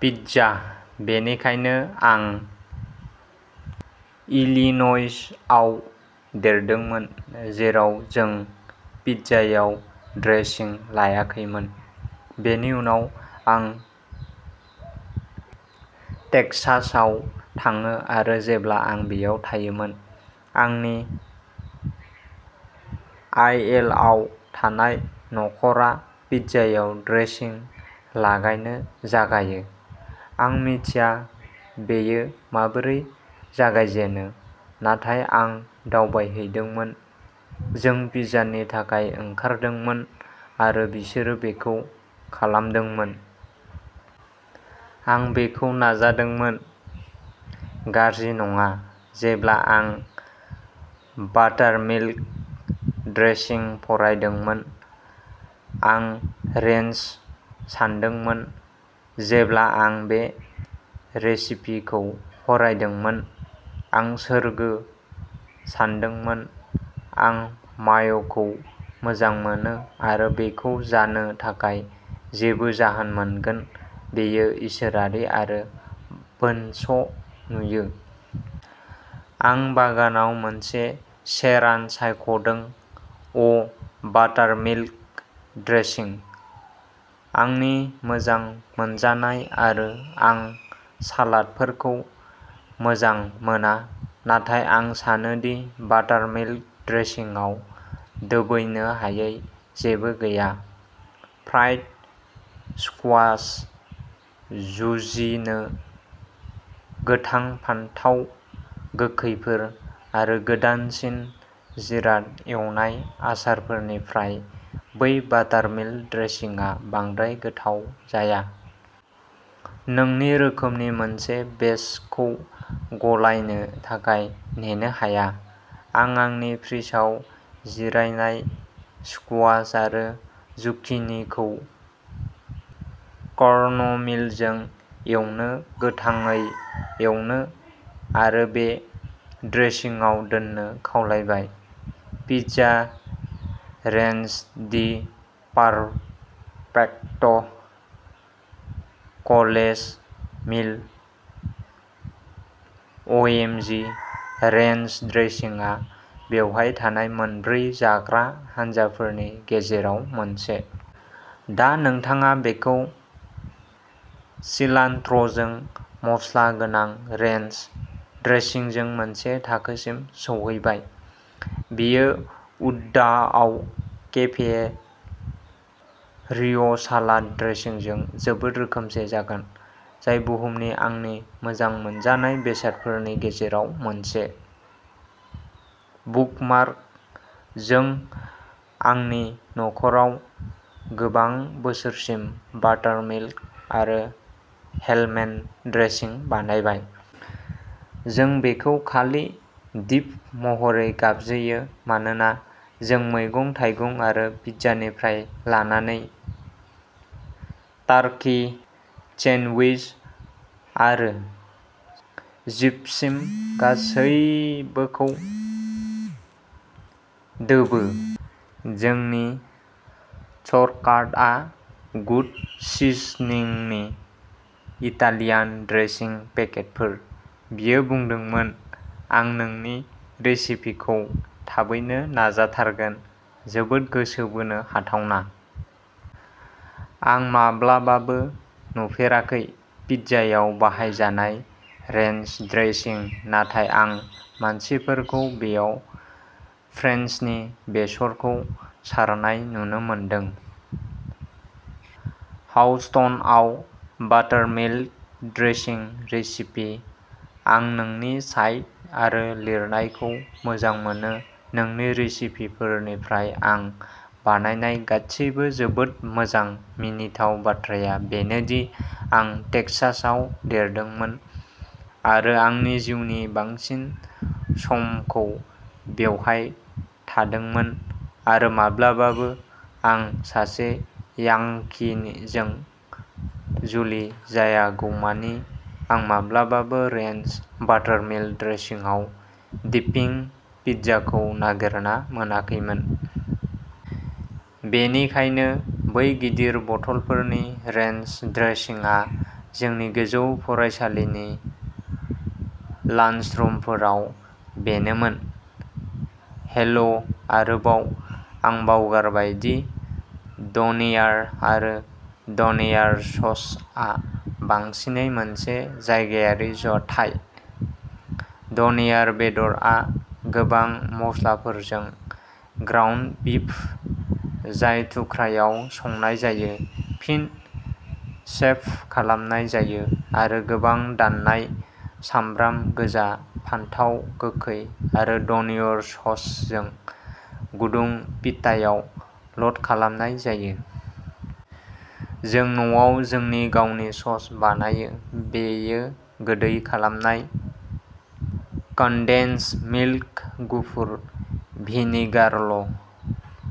Pizza. बेनिखायनो, आं इलिन'इसआव देरदोंमोन, जेराव जों पिज्जायाव ड्रेसिं लायाखैमोन। बेनि उनाव, आं टेक्सासआव थाङो आरो जेब्ला आं बेयाव थायोमोन, आंनि आइएलआव थानाय नखरा पिज्जायाव ड्रेसिं लागायनो जागायो। आं मिथिया बेयो माबोरै जागायजेनो, नाथाय आं दावबायहैदोंमोन, जों पिज्जानि थाखाय ओंखारदोंमोन, आरो बिसोरो बेखौ खालामदोंमोन। आं बेखौ नाजादोंमोन। गाज्रि नङा! जेब्ला आं "बाटारमिल्क ड्रेसिं" फरायदोंमोन, आं "रेन्च" सानदोंमोन। जेब्ला आं बे रेसिपिखौ फरायदोंमोन, आं "सोरगो" सानदोंमोन। आं माय'खौ मोजां मोनो आरो बेखौ जानो थाखाय जेबो जाहोन मोनगोन। बेयो इसोरारि आरो बोनस नुयो... आं बागानाव मोनसे सेरान'सायख'दों! अ ', बाटारमिल्क ड्रेसिं! आंनि मोजां मोनजानाय आरो आं सालादफोरखौ मोजां मोना! नाथाय आं सानो दि बाटारमिल्क ड्रेसिंआव दोबैनो हायै जेबो गैया, फ्राइड स्कुवाश, जुजिनी, गोथां फानथाव गोखैफोर, आरो गोदानसिन जिराद-एवनाय आसारफोरनिफ्राय, बै बाटारमिल्क ड्रेसिंआ बांद्राय गोथाव जाया। नोंनि रोखोमनि मोनसे बेचखौ गलायनो थाखाय नेनो हाया। आं आंनि फ्रिजआव जिरायनाय स्कुवाश आरो जुकिनिखौ कर्नमीलजों एवनो, गोथाङै एवनो आरो बे ड्रेसिंआव दोन्नो खावलायबाय! Pizza ranch the perfect college meal! अएमजि। Ranch ड्रेसिंआ बेवहाय थानाय मोनब्रै जाग्रा हानजाफोरनि गेजेराव मोनसे। दा नोंथाङा बेखौ सिलान्ट्र'जों मस्ला गोनां रेन्च ड्रेसिंजों मोनसे थाखोसिम सौहैबाय। बेयो उदाहआव केफे रिय'सालाद ड्रेसिंजों जोबोद रोखोमसे जागोन, जाय बुहुमनि आंनि मोजां मोनजानाय बेसादफोरनि गेजेराव मोनसे। बुकमार्क! जों आंनि नख'राव गोबां बोसोरसिम बाटारमिल्क आरो हेलमेन ड्रेसिं बानायबाय। जों बेखौ खालि "डिप" महरै गाबज्रियो मानोना जों मैगं-थाइगं आरो पिज्जानिफ्राय लानानै टार्कि सेन्डविच आरो जिपसिम गासैबोखौ दोबो। जोंनि शर्टकाटआ गुड सिजनिंनि इटालियान ड्रेसिं पेकेटफोर। बियो बुंदोंमोन, आं नोंनि रेसिपिखौ थाबैनो नाजाथारगोन! जोबोद गोसो बोनो हाथावना! आं माब्लाबाबो नुफेराखै। पिज्जायाव बाहायजानाय रेन्च ड्रेसिं, नाथाय आं मानसिफोरखौ बेयाव फ्रेन्सनि बेसरखौ सारनाय नुनो मोनदों-हाउस्टनआव! Buttermilk dressing recipe. आं नोंनि साइट आरो लिरनायखौ मोजां मोनो-नोंनि रेसिपिफोरनिफ्राय आं बानायनाय गासैबो जोबोद मोजां! मिनिथाव बाथ्राया बेनो दि आं टेक्सासआव देरदोंमोन आरो आंनि जिउनि बांसिन समखौ बेवहाय थादोंमोन आरो माब्लाबाबो आं सासे यांकीजों जुलि जायागौमानि आं माब्लाबाबो रेन्च/बाटारमिल्क ड्रेसिंआव डिपिं पिज्जाखौ नागिरना मोनाखैमोन। बेनिखायनो बै गिदिर बथलफोरनि रेन्च ड्रेसिंआ जोंनि गोजौ फरायसालिनि लान्सरुमफोराव बेनोमोन! हेलौ आरोबाव ~ आं बावगारबाय दि डनेयार आरो डनेयार ससआ बांसिनै मोनसे जायगायारि जाथाय। डनेयार बेदरआ गोबां मस्लाफोरजों ग्राउन्ड बीफ जाय थुख्रायाव संनाय जायो, फिन शेभ खालामनाय जायो आरो गोबां दाननाय सामब्राम गोजा, फानथाव गोखै आरो डनेयार ससजों गुदुं पिटायाव ल'ड खालामनाय जायो। जों न'आव जोंनि गावनि सस बानायो-बेयो गोदै खालामनाय कन्डेन्सड मिल्क, गुफुर भिनेगारल'।